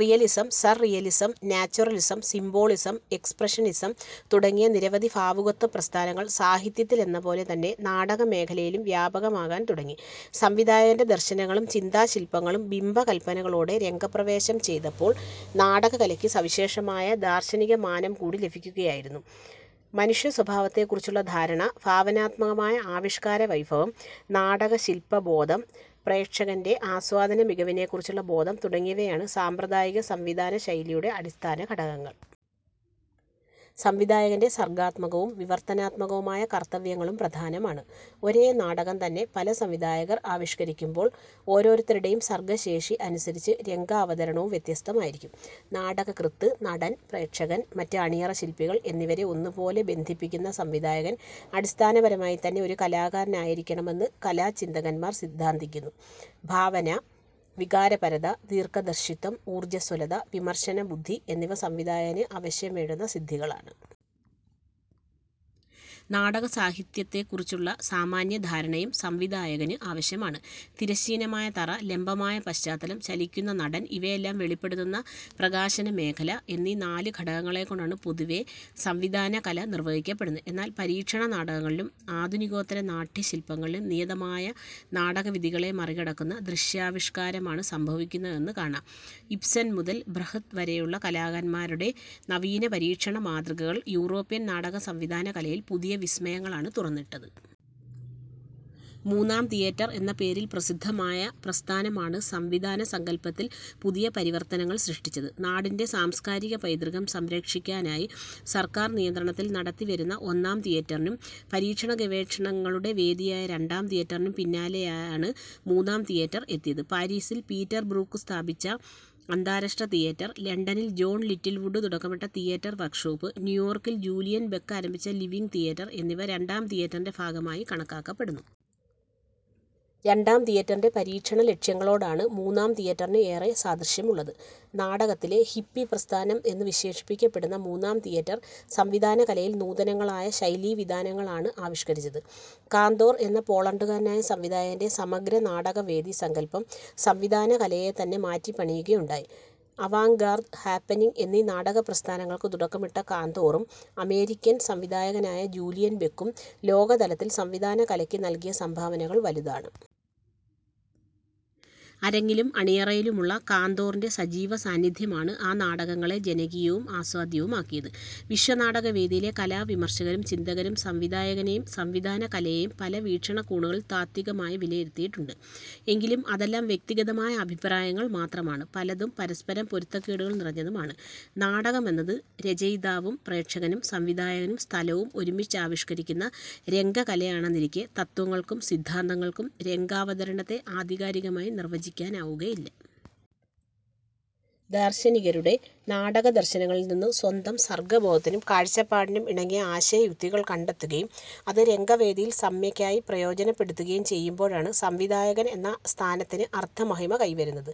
Realism, surrealism, naturalism, symbolism, expressionism തുടങ്ങിയ നിരവധി ഭാവുകത്വപ്രസ്ഥാനങ്ങൾ സാഹിത്യത്തിലെന്നപോലെ തന്നെ നാടകമേഖലയിലും വ്യാപകമാകാൻ തുടങ്ങി. സംവിധായകൻ്റെ ദർശനങ്ങളും ചിന്താശില്പങ്ങളും ബിംബകല്പനകളോടെ രംഗപ്രവേശം ചെയ്തപ്പോൾ നാടകകലയ്ക്ക് സവിശേഷമായ ദാർശനികമാനം കൂടി ലഭിക്കുകയായിരുന്നു. മനുഷ്യസ്വഭാവത്തെക്കുറിച്ചുള്ള ധാരണ, ഭാവനാത്മകമായ ആവിഷ്കാര വൈഭവം, നാടകശില്പബോധം, പ്രേക്ഷകൻ്റെ ആസ്വാദന മികവിനെക്കുറിച്ചുള്ള ബോധം തുടങ്ങിയവയാണ് സാമ്പ്രദായിക സംവിധാനശൈലിയുടെ അടിസ്ഥാനഘടകങ്ങൾ. സംവിധായകൻ്റെ സർഗാത്മകവും വിവർത്തനാത്മകവുമായ കർത്തവ്യങ്ങളും പ്രധാനമാണ്. ഒരേ നാടകം തന്നെ പല സംവിധാകർ ആവിഷ്കരിക്കുമ്പോൾ ഓരോരുത്തരുടെയും സർഗശേഷി അനുസരിച്ച് രംഗാവതരണവും വ്യത്യസ്തമായിരിക്കും. നാടകകൃത്ത്, നടൻ, പ്രേക്ഷകൻ, മറ്റ് അണിയറ ശില്പികൾ എന്നിവരെ ഒന്നുപോലെ ബന്ധിപ്പിക്കുന്ന സംവിധായകൻ അടിസ്ഥാനപരമായിത്തന്നെ ഒരു കലാകാരനായിരിക്കണമെന്ന് കലാചിന്തകന്മാർ സിദ്ധാന്തിക്കുന്നു. ഭാവന, വികാരപരത, ദീർഘദർശിത്വം, ഊർജസ്വലത, വിമർശനബുദ്ധി എന്നിവ സംവിധായകന് അവശ്യംവേണ്ടുന്ന സിദ്ധികളാണ്. നാടകസാഹിത്യത്തെക്കുറിച്ചുള്ള സാമാന്യധാരണയും സംവിധായകന് ആവശ്യമാണ്. തിരശ്ചീനമായ തറ, ലംബമായ പശ്ചാത്തലം, ചലിക്കുന്ന നടൻ ഇവയെല്ലാം വെളിപ്പെടുന്ന പ്രകാശനമേഖല എന്നീ നാല് ഘടകങ്ങളെക്കൊണ്ടാണ് പൊതുവേ, സംവിധാനകല നിർവഹിക്കപ്പെടുന്നത്. എന്നാൽ പരീക്ഷണ നാടകങ്ങളിലും ആധുനികോത്തര നാട്യശില്പങ്ങളിലും നിയതമായ നാടകവിധികളെ മറികടക്കുന്ന ദൃശ്യാവിഷ്കാരമാണ് സംഭവിക്കുന്നതെന്ന് കാണാം. ഇബ്സൻ മുതൽ ബ്രഹ്ത് വരെയുള്ള കലാകാരന്മാരുടെ നവീന പരീക്ഷണ മാതൃകകൾ യൂറോപ്യൻ നാടക സംവിധാനകലയിൽ പുതിയ വിസ്മയങ്ങളാണ് തുറന്നിട്ടത്. 'മൂന്നാം തിയേറ്റർ' എന്ന പേരിൽ പ്രസിദ്ധമായ പ്രസ്ഥാനമാണ് സംവിധാനസങ്കല്പത്തിൽ പുതിയ പരിവർത്തനങ്ങൾ സൃഷ്ടിച്ചത്. നാടിൻ്റെ സംസ്കാരിക പൈതൃകം സംരക്ഷിക്കാനായി സർക്കാർ നിയന്ത്രണത്തിൽ നടത്തിവരുന്ന 'ഒന്നാം തിയേറ്ററി'നും പരീക്ഷണഗവേഷണങ്ങളുടെ വേദിയായ 'രണ്ടാം തിയേറ്ററി'നും പിന്നാലെയാണ് 'മൂന്നാം തിയേറർ' എത്തിയത്. പാരിസിൽ പീറ്റർബ്രൂക്ക് സ്ഥാപിച്ച അന്താരാഷ്ട്ര തിയേറ്റർ, ലണ്ടനിൽ ജോൺ ലിറ്റിൽവുഡ് തുടക്കമിട്ട തിയേറ്റർ വർക്ക്ഷോപ്പ്, ന്യൂയോർക്കിൽ ജൂലിയൻ ബക്ക് ആരംഭിച്ച 'ലിവിങ് തിയേറ്റർ' എന്നിവ 'രണ്ടാം തിയേറ്ററി'ൻ്റെ ഭാഗമായി കണക്കാക്കപ്പെടുന്നു. രണ്ടാം തിയേറ്ററിൻ്റെ പരീക്ഷണ ലക്ഷ്യങ്ങളോടാണ് മൂന്നാം തിയേറ്ററിന് ഏറെ സാദൃശ്യമുള്ളത്. 'നാടകത്തിലെ ഹിപ്പി പ്രസ്ഥാനം' എന്ന് വിശേഷിപ്പിക്കപ്പെടുന്ന മൂന്നാം തിയേറ്റർ, സംവിധാനകലയിൽ നൂതനങ്ങളായ ശൈലീവിതാനങ്ങളാണ് ആവിഷ്കരിച്ചത്. കാന്തോർ എന്ന പോളണ്ടുകാരനായ സംവിധായകൻ്റെ 'സമഗ്രനാടകവേദി' സങ്കല്പം സംവിധാനകലയെത്തന്നെ മാറ്റിപ്പണിയുകയുണ്ടായി. അവാങ്ഗാർദ്, ഹാപ്പെനിങ് എന്നീ നാടകപ്രസ്ഥാനങ്ങൾക്ക് തുടക്കമിട്ട കാന്തോറും അമേരിക്കൻ സംവിധായകനായ ജൂലിയൻ ബക്കും ലോകതലത്തിൽ സംവിധാനകലയ്ക്ക് നൽകിയ സംഭാവനകൾ വലുതാണ്. അരങ്ങിലും അണിയറയിലുമുള്ള കാന്തോറിൻ്റെ സജീവസാന്നിധ്യമാണ് ആ നാടകങ്ങളെ ജനകീയവും ആസ്വാദ്യവുമാക്കിയത്. വിശ്വനാടകവേദിയിലെ കലാവിമർശകരും ചിന്തകരും സംവിധായകനെയും സംവിധാനകലയെയും പല വീക്ഷണകോണുകളിൽ താത്ത്വികമായി വിലയിരുത്തിയിട്ടുണ്ട്. എങ്കിലും അതെല്ലാം വ്യക്തിഗതമായ അഭിപ്രായങ്ങൾ മാത്രമാണ്. പലതും പരസ്പരം പൊരുത്തക്കേടുകൾ നിറഞ്ഞതുമാണ്. നാടകമെന്നത് രചയിതാവും പ്രേക്ഷകനും സംവിധായകനും സ്ഥലവും ഒരുമിച്ച് ആവിഷ്കരിക്കുന്ന രംഗകലയാണെന്നിരിക്കെ, തത്ത്വങ്ങൾക്കും സിദ്ധാന്തങ്ങൾക്കും രംഗാവതരണത്തെ ആധികാരികമായി നിർവചിക്കാനാവുകയില്ല. ദാർശനികരുടെ നാടകദർശനങ്ങളിൽ നിന്ന് സ്വന്തം സർഗബോധത്തിനും കാഴ്ചപ്പാടിനും ഇണങ്ങിയ ആശയയുക്തികൾ കണ്ടെത്തുകയും അത് രംഗവേദിയിൽ സമ്യക്കായി പ്രയോജനപ്പെടുത്തുകയും ചെയ്യുമ്പോഴാണ് സംവിധായകൻ എന്ന സ്ഥാനത്തിന് അർഥമഹിമ കൈവരുന്നത്;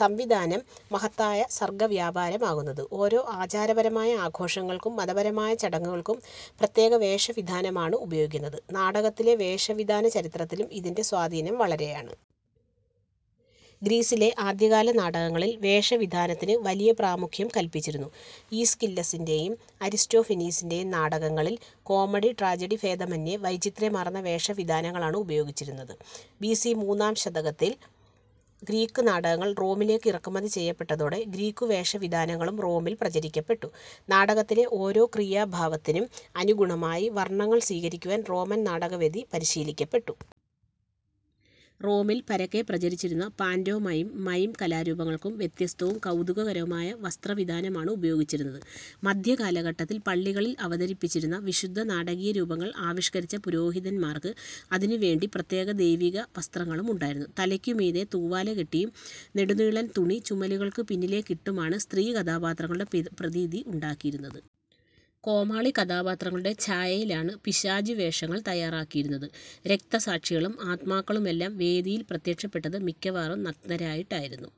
സംവിധാനം മഹത്തായ സർഗവ്യാപാരമാകുന്നത്. ഓരോ ആചാരപരമായ ആഘോഷങ്ങൾക്കും മതപരമായ ചടങ്ങുകൾക്കും പ്രത്യേക വേഷവിധാനമാണ് ഉപയോഗിക്കുന്നത്. നാടകത്തിലെ വേഷവിധാന ചരിത്രത്തിലും ഇതിൻ്റെ സ്വാധീനം വളരെയാണ്. ഗ്രീസിലെ ആദ്യകാല നാടകങ്ങളിൽ, വേഷവിധാനത്തിന് വലിയ പ്രാമുഖ്യം കൽപ്പിച്ചിരുന്നു. ഈസ്കില്ലസിൻ്റെയും അരിസ്റ്റോഫെനീസിൻ്റെയും നാടകങ്ങളിൽ കോമഡി-ട്രാജഡി ഭേദമെന്യേ വൈചിത്ര്യമാർന്ന വേഷ വിധാനങ്ങളാണ് ഉപയോഗിച്ചിരുന്നത്. ബിസി മൂന്നാം ശതകത്തിൽ ഗ്രീക്കു നാടകങ്ങൾ റോമിലേക്ക് ഇറക്കുമതി ചെയ്യപ്പെട്ടതോടെ ഗ്രീക്കുവേഷവിധാനങ്ങളും റോമിൽ പ്രചരിക്കപ്പെട്ടു. നാടകത്തിലെ ഓരോ ക്രിയാഭാവത്തിനും അനുഗുണമായി വർണങ്ങൾ സ്വീകരിക്കുവാൻ റോമൻ നാടകവേദി പരിശീലിക്കപ്പെട്ടു. റോമിൽ പരക്കെ പ്രചരിച്ചിരുന്ന പാന്റോ മൈം, മൈം കലാരൂപങ്ങൾക്കും, വ്യത്യസ്തവും കൗതുകകരവുമായ വസ്ത്രവിധാനമാണ് ഉപയോഗിച്ചിരുന്നത്. മധ്യകാലഘട്ടത്തിൽ പള്ളികളിൽ അവതരിപ്പിച്ചിരുന്ന വിശുദ്ധ നാടകീയ രൂപങ്ങൾ ആവിഷ്കരിച്ച പുരോഹിതന്മാർക്ക്, അതിനുവേണ്ടി പ്രത്യേക ദൈവിക വസ്ത്രങ്ങളുണ്ടായിരുന്നു. തലയ്ക്കു മീതെ തൂവാല കെട്ടിയും നെടുനീളൻ തുണി ചുമലുകൾക്ക് പിന്നിലേക്കിട്ടുമാണ് സ്ത്രീ കഥാപാത്രങ്ങളുടെപി പ്രതീതി ഉണ്ടാക്കിയിരുന്നത്. കോമാളി കഥാപാത്രങ്ങളുടെ ഛായയിലാണ് പിശാചുവേഷങ്ങൾ തയ്യാറാക്കിയിരുന്നത്. രക്തസാക്ഷികളും ആത്മാക്കളുമെല്ലാം വേദിയിൽ പ്രത്യക്ഷപ്പെട്ടത് മിക്കവാറും നഗ്നരായിട്ടായിരുന്നു.